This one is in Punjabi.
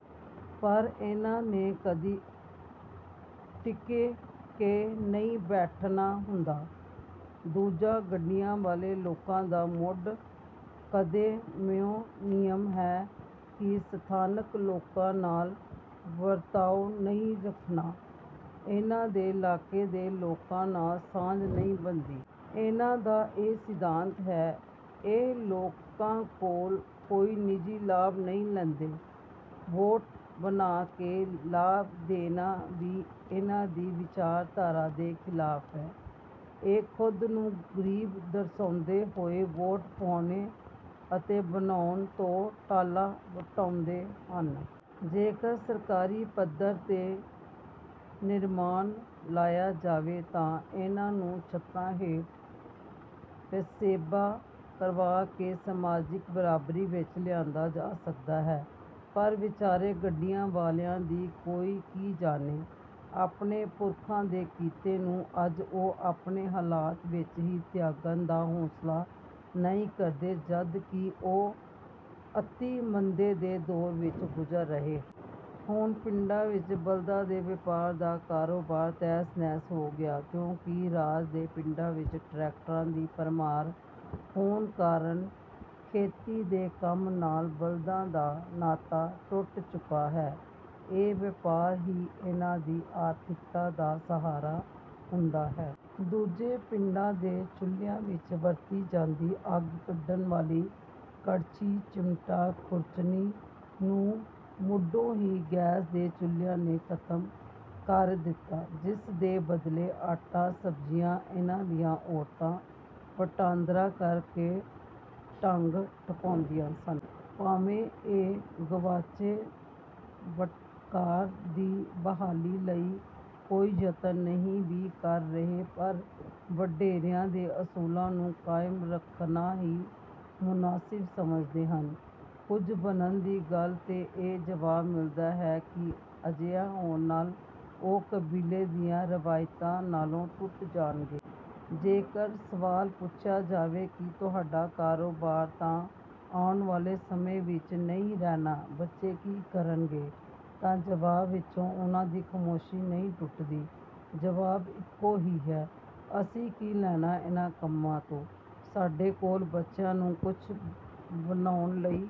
ਪਰ ਇਨ੍ਹਾਂ ਨੇ ਕਦੀ ਟਿਕੇ ਕੇ ਨਹੀਂ ਬੈਠਣਾ ਹੁੰਦਾ। ਦੂਜਾ ਗੱਡੀਆਂ ਵਾਲੇ ਲੋਕਾਂ ਦਾ ਮੁੱਢ ਕਦੇ ਮੋਂ ਨਿਯਮ ਹੈ ਕਿ ਸਥਾਨਕ ਲੋਕਾਂ ਨਾਲ ਵਰਤਾਓ ਨਹੀਂ ਰੱਖਣਾ। ਇਨ੍ਹਾਂ ਦੇ ਇਲਾਕੇ ਦੇ ਲੋਕਾਂ ਨਾਲ ਸਾਂਝ ਨਹੀਂ ਬਣਦੀ। ਇਨ੍ਹਾਂ ਦਾ ਇਹ ਸਿਧਾਂਤ ਹੈ। ਇਹ ਲੋਕਾਂ ਕੋਲ ਕੋਈ ਨਿੱਜੀ ਲਾਭ ਨਹੀਂ ਲੈਂਦੇ। ਵੋਟ ਬਣਾ ਕੇ ਲਾਭ ਦੇਣਾ ਵੀ ਇਨ੍ਹਾਂ ਦੀ ਵਿਚਾਰਧਾਰਾ ਦੇ ਖਿਲਾਫ਼ ਹੈ। ਇਹ ਖੁਦ ਨੂੰ ਗਰੀਬ ਦਰਸਾਉਂਦੇ ਹੋਏ ਵੋਟ ਪਾਉਣ ਅਤੇ ਬਣਾਉਣ ਤੋਂ ਟਾਲਾ ਵਟਾਉਂਦੇ ਹਨ। ਜੇਕਰ ਸਰਕਾਰੀ ਪੱਧਰ ਤੇ ਨਿਰਮਾਣ ਲਾਆ ਜਾਵੇ ਤਾਂ ਇਨ੍ਹਾਂ ਨੂੰ ਛੱਤਾਂ ਹੇਠ ਵਸੇਬਾ ਕਰਵਾ ਕੇ ਸਮਾਜਿਕ ਬਰਾਬਰੀ ਵਿੱਚ ਲਿਆਂਦਾ ਜਾ ਸਕਦਾ ਹੈ। ਪਰ ਵਿਚਾਰੇ ਗੱਡੀਆਂ ਵਾਲਿਆਂ ਦੀ ਕੋਈ ਕੀ ਜਾਣੇ। ਆਪਣੇ ਪੁਰਖਾ ਦੇ ਕਿੱਤੇ ਨੂੰ ਅੱਜ ਓ ਅਜਿਹੇ ਹਾਲਾਤਾਂ ਵਿੱਚ ਵੀ ਤਿਆਗਣ ਦਾ ਹੌਸਲਾ ਨਹੀਂ ਕਰਦੇ ਜਦੋਂ ਕਿ ਓ ਅਤਿ ਮੰਦੇ ਦੇ ਦੌਰ ਵਿੱਚੋਂ ਗੁਜ਼ਰ ਰਹੇ ਹਨ। ਹੁਣ ਪਿੰਡਾਂ ਵਿੱਚ ਬਲਦਾਂ ਦੇ ਵਪਾਰ ਦਾ ਕਾਰੋਬਾਰ ਤਹਿਸ ਨਹਿਸ ਹੋ ਗਿਆ ਕਿਉਂਕਿ ਰਾਜ ਦੇ ਪਿੰਡਾਂ ਵਿੱਚ ਟਰੈਕਟਰਾਂ ਦੀ ਭਰਮਾਰ ਹੋਣ ਕਾਰਨ ਖੇਤੀ ਦੇ ਕੰਮ ਨਾਲੋਂ ਬਲਦਾਂ ਦਾ ਨਾਤਾ ਟੁੱਟ ਚੁੱਕਾ ਹੈ। ਇਹ ਵਪਾਰ ਹੀ ਇਨ੍ਹਾਂ ਦੀ ਆਰਥਿਕਤਾ ਦਾ ਸਹਾਰਾ ਹੁੰਦਾ ਹੈ। ਦੂਜੇ ਪਿੰਡਾਂ ਦੇ ਚੁੱਲ੍ਹਿਆਂ ਵਿੱਚ ਵਰਤੀ ਜਾਂਦੀ ਅੱਗ ਕੱਢਣ ਵਾਲੀ ਕੜਛੀ ਚਿਮਟਾ ਖੁਰਚਣੀ ਨੂੰ ਮੁੱਢੋਂ ਹੀ ਗੈਸ ਦੇ ਚੁੱਲ੍ਹਿਆਂ ਨੇ ਖ਼ਤਮ ਕਰ ਦਿੱਤਾ ਜਿਸ ਦੇ ਬਦਲੇ ਆਟਾ ਸਬਜ਼ੀਆਂ ਇਨ੍ਹਾਂ ਦੀਆਂ ਔਰਤਾਂ ਵਟਾਂਦਰਾ ਕਰਕੇ ਡੰਗ ਟਪਾਉਂਦੀਆਂ ਸਨ। ਭਾਵੇਂ ਇਹ ਗੁਆਚੇ ਵਕਾਰ ਦੀ ਬਹਾਲੀ ਲਈ ਕੋਈ ਯਤਨ ਨਹੀਂ ਵੀ ਕਰ ਰਹੇ ਪਰ ਵਡੇਰਿਆਂ ਦੇ ਅਸੂਲਾਂ ਨੂੰ ਕਾਇਮ ਰੱਖਣਾ ਹੀ ਮੁਨਾਸਬ ਸਮਝਦੇ ਹਨ। ਕੁਝ ਬਣਨ ਦੀ ਗੱਲ ਤੇ ਇਹੋ ਜਵਾਬ ਮਿਲਦਾ ਹੈ ਕਿ ਅਜਿਹਾ ਹੋਣ ਨਾਲ ਉਹ ਕਬੀਲੇ ਦੀਆਂ ਰਵਾਇਤਾਂ ਨਾਲੋਂ ਟੁੱਟ ਜਾਣਗੇ। ਜੇਕਰ ਸਵਾਲ ਪੁੱਛਿਆ ਜਾਵੇ ਕਿ ਤੁਹਾਡਾ ਕਾਰੋਬਾਰ ਤਾਂ ਆਉਣ ਵਾਲੇ ਸਮੇਂ ਵਿੱਚ ਨਹੀਂ ਰਹਿਣਾ ਬੱਚੇ ਕੀ ਕਰਨਗੇ ਤਾਂ ਜਵਾਬ ਵਿੱਚ ਉਨ੍ਹਾਂ ਦੀ ਖਾਮੋਸ਼ੀ ਨਹੀਂ ਟੁੱਟਦੀ। ਜਵਾਬ ਇੱਕੋ ਹੀ ਹੈ ਅਸੀਂ ਕੀ ਲੈਣਾ ਇਨ੍ਹਾਂ ਕੰਮਾਂ ਤੋਂ। ਸਾਡੇ ਕੋਲ ਬੱਚੇ ਨੂੰ ਕੁਝ ਬਣਾਉਣ ਲਈ